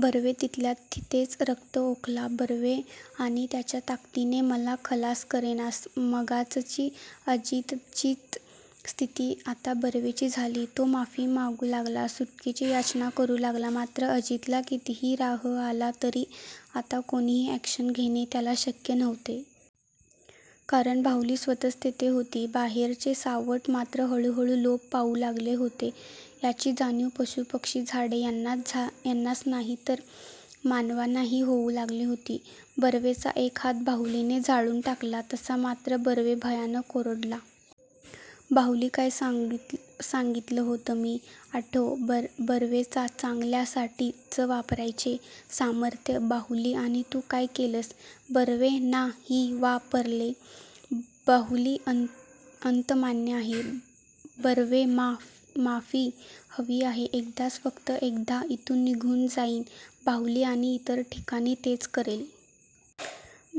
बर्वे तिथल्यातिथेच रक्त ओकला. बर्वे आणि त्याच्या ताकदीने मला खलास करेनास? मगाचची अजितचीच स्थिती आता बर्वेची झाली. तो माफी मागू लागला. सुटकेची याचना करू लागला. मात्र अजितला कितीही राह आला तरी आता कोणीही ॲक्शन घेणे त्याला शक्य नव्हते. कारण बाहुली स्वतःच तेथे होती. बाहेरचे सावट मात्र हळूहळू लोप पावू लागले होते.याची जाणीव पशू पक्षी झाडे यांनाच नाही तर मानवांनाही होऊ लागली होती. बर्वेचा एक हात बाहुलीने जाळून टाकला तसा मात्र बर्वे भयानक ओरडला. बाहुली काय सांगितलं होतं मी? आठव बर्वेचा चांगल्यासाठीच वापरायचे सामर्थ्य बाहुली आणि तू काय केलेस? बर्वे ना ही वा परले बाहुली अंत मान्य आहे? बर्वे मा.माफी, हवी आहे. एकदाच, फक्त एकदा इथून निघून जाईन. बाहुली आणि इतर ठिकाणी तेच करेन.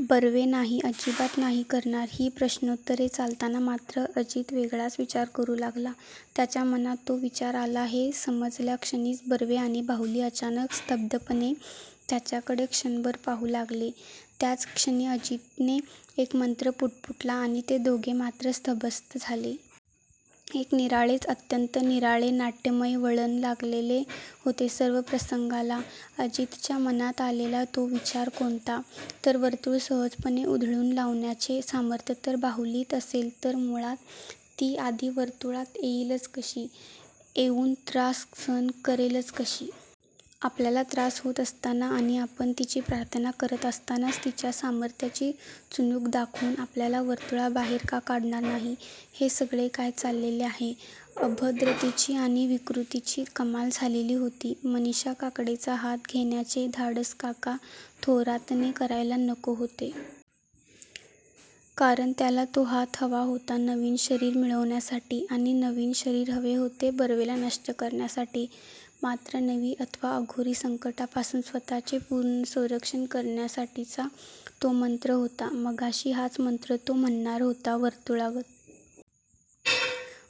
बर्वे नाहीअजिबात नाही करणार.ही प्रश्नोत्तरे चालताना मात्र अजित वेगळाच विचार करू लागला. त्याच्या मनात तो विचार आला हे समजल्याक्षणीच बर्वे आणि बाहुली अचानक स्तब्धपणे त्याच्याकडे क्षणभर पाहू लागले. त्याच क्षणी अजितने एक मंत्र पुटपुटला आणि ते दोघे मात्र स्थबस्त झाले.. एक निराळेच अत्यंत निराळे नाट्यमय वळण लागलेले होते सर्व प्रसंगाला. अजितच्या मनात आलेला तो विचार कोणता? तर वर्तुळ सहजपणे उधळवून लावण्याचे सामर्थ्य तर बाहुलीत असेल. तर मुळात ती आधी वर्तुळात येईलच कशी? येऊन त्रास सहन करेलच कशी? आपल्याला त्रास होत असताना आणि आपण तिची प्रार्थना करत असतानाच तिच्या सामर्थ्याची चुणूक दाखवून आपल्याला वर्तुळाबाहेर का काढणार नाही? हे सगळे काय चाललेले आहे? अभद्रतेची आणि विकृतीची कमाल झालेली होती. मनीषा काकडेचा हात घेण्याचे धाडसच काका थोरातने करायला नको होते. कारण त्याला तो हात हवा होता नवीन शरीर मिळवण्यासाठी. आणि नवीन शरीर हवे होते बर्वेला नष्ट करण्यासाठी, मात्र नवी अथवा अघोरी संकटापासून स्वतःचे पूर्ण संरक्षण करण्यासाठीचा तो मंत्र होता. मगाशी हाच मंत्र तो म्हणणार होता. वर्तुळावर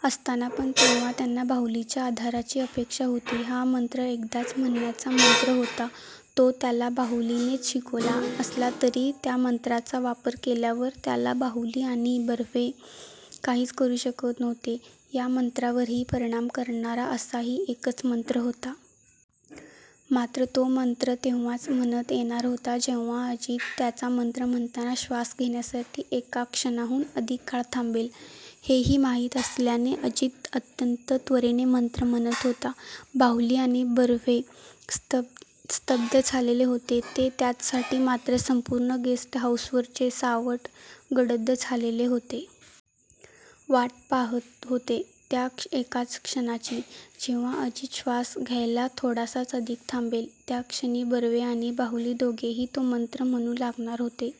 असताना. पण तेव्हा त्याला बाहुलीच्या आधाराची अपेक्षा होती. हा मंत्र एकदाच म्हणण्याचा मंत्र होता.तो त्याला बाहुलीनेच शिकवला असला तरी त्या मंत्राचा वापर केल्यावर त्याला बाहुली आणि बर्वे काहीच करू शकत नव्हते.या मंत्रावरही परिणाम करणारा असाही एकच मंत्र होता.. मात्र तो मंत्र तेव्हाच म्हणतं येणार होत जेव्हा अजित त्याचा मंत्र म्हणताना श्वास घेण्यासाठी एका क्षणाहून अधिक काळ थांबेल. हेही माहीत असल्याने अजित अत्यंत त्वरेने मंत्र म्हणत होता. बाहुली आणि बर्वे स्तब्ध झालेले होते ते त्याचसाठी मात्र संपूर्ण गेस्ट हाऊसवरचे सावट गडद झालेले होते. वाट पाहात होते त्या एकाच क्षणाची. जेव्हा अजित श्वास घ्यायला थोडासाच अधिक थांबेल. त्या क्षणी बर्वे आणी बाहुली दोघेही तो मंत्र म्हणू लागणार होते.